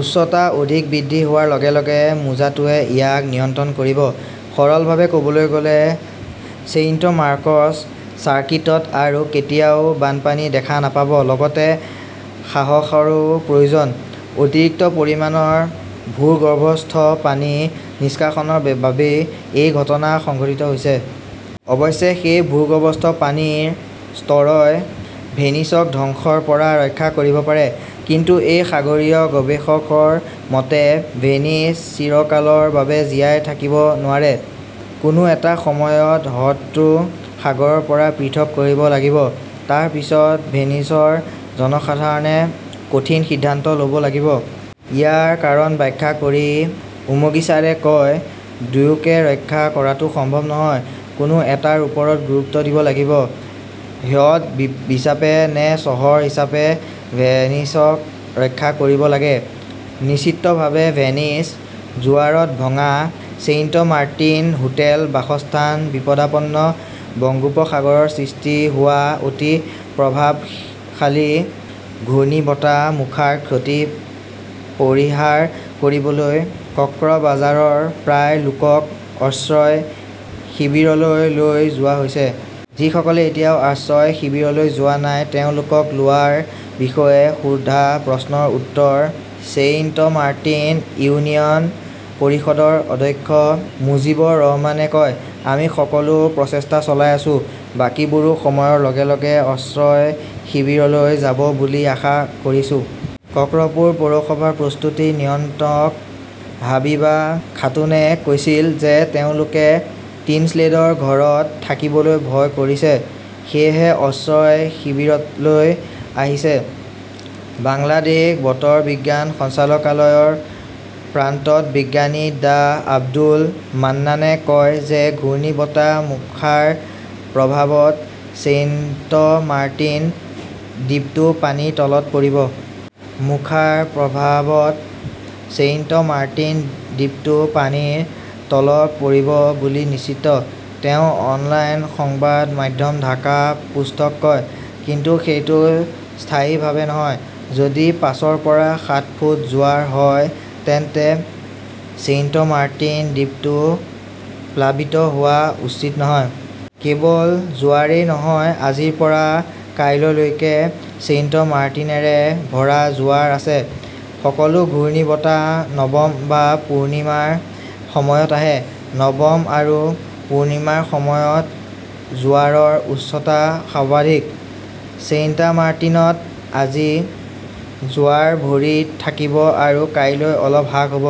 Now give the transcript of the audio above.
উচ্চতা অধিক বৃদ্ধি হোৱাৰ লগে লগে মোজাটোৱে ইয়াক নিয়ন্ত্ৰণ কৰিব। সৰলভাৱে ক'বলৈ গ'লে ছেইণ্ট মাৰ্কছ চাৰ্কিটত আৰু কেতিয়াও বানপানী দেখা নাপাব, লগতে সাহসৰো প্ৰয়োজন। অতিৰিক্ত পৰিমাণৰ ভূগৰ্ভস্থ পানী নিষ্কাশনৰ বাবেই এই ঘটনা সংঘটিত হৈছে। অৱশ্যে সেই ভূগৰ্ভস্থ পানীৰ স্তৰই ভেনিছক ধ্বংসৰ পৰা ৰক্ষা কৰিব পাৰে। কিন্তু এই সাগৰীয় গৱেষকৰ মতে, ভেনিচ চিৰকালৰ বাবে জীয়াই থাকিব নোৱাৰে। কোনো এটা সময়ত হ্ৰদটো সাগৰৰ পৰা পৃথক কৰিব লাগিব। তাৰ পিছত ভেনিছৰ জনসাধাৰণে কঠিন সিদ্ধান্ত ল'ব লাগিব। ইয়াৰ কাৰণ ব্যাখ্যা কৰি উমগিছাৰে কয়, দুয়োকে ৰক্ষা কৰাটো সম্ভৱ নহয়। কোনো এটাৰ ওপৰত গুৰুত্ব দিব লাগিব। হ্ৰদ হিচাপে নে চহৰ হিচাপে ভেনিছক ৰক্ষা কৰিব লাগে? নিশ্চিতভাৱে ভেনিচ। জোৱাৰত ভঙা ছেইণ্টমাৰ্টিন, হোটেল-বাসস্থান বিপদাপন্ন বংগোপসাগৰত সৃষ্টি হোৱা অতি প্ৰভাৱশালী ঘূৰ্ণীবতাহ মোখাৰ ক্ষতি পৰিহাৰ কৰিবলৈ কক্ৰবাজাৰৰ প্ৰায় লোকক আশ্ৰয় শিবিৰলৈ লৈ যোৱা হৈছে। যিসকলে এতিয়াও আশ্ৰয় শিবিৰলৈ যোৱা নাই তেওঁলোকক লোৱাৰ বিষয়ে সোধা প্ৰশ্নৰ উত্তৰত ছেইণ্টমাৰ্টিন ইউনিয়ন পৰিষদৰ অধ্যক্ষ মুজীবৰ ৰহমানে কয়, আমি সকলো প্ৰচেষ্টা চলাই আছো। বাকীবোৰো সময়ৰ লগে লগে অশ্ৰয় শিবিৰলৈ যাব বুলি আশা কৰিছো। কক্ৰপুৰ পৌৰসভাৰ প্ৰস্তুতি নিয়ন্ত্ৰক হাবিবা খাতুনে কৈছিল যে তেওঁলোকে টিনশ্বেডৰ ঘৰত থাকিবলৈ ভয় কৰিছে, সেয়েহে আশ্ৰয় শিবিৰলৈ আহিছে। বাংলাদেশ বতৰ বিজ্ঞান সঞ্চালকালয়ৰ প্ৰাক্তন বিজ্ঞানী ডাঃ আব্দুল মান্নানে কয় যে ঘূৰ্ণীবতাহ মোখাৰ প্ৰভাৱত ছেইণ্টমাৰ্টিন দ্বীপটো পানীৰ তলত পৰিব। "মোখাৰ প্ৰভাৱত ছেইণ্টমাৰ্টিন দ্বীপটো পানীৰ তলত পৰিব বুলি নিশ্চিত", তেওঁ অনলাইন সংবাদ মাধ্যম ঢাকা পোষ্টক কয়। কিন্তু সেইটো স্থায়ীভাৱে নহয়। যদি পাঁচৰ পৰা সাত ফুট জোৱাৰ হয় তেন্তে ছেইণ্টমাৰ্টিন দ্বীপটো প্লাবিত হোৱা উচিত নহয়। কেৱল জোৱাৰেই নহয়, আজিৰ পৰা কাইলৈলৈকে ছেইণ্টমাৰ্টিনেৰে ভৰা জোৱাৰ আছে। সকলো ঘূৰ্ণীবতাহ নৱম বা পূৰ্ণিমাৰ সময়ত আহে। নৱম আৰু পূৰ্ণিমাৰ সময়ত জোৱাৰৰ উচ্চতা সৰ্বাধিক। ছেইণ্টমাৰ্টিনত আজি জোৱাৰ ভৰি থাকিব আৰু কাইলৈ অলপ হ্ৰাস হ 'ব।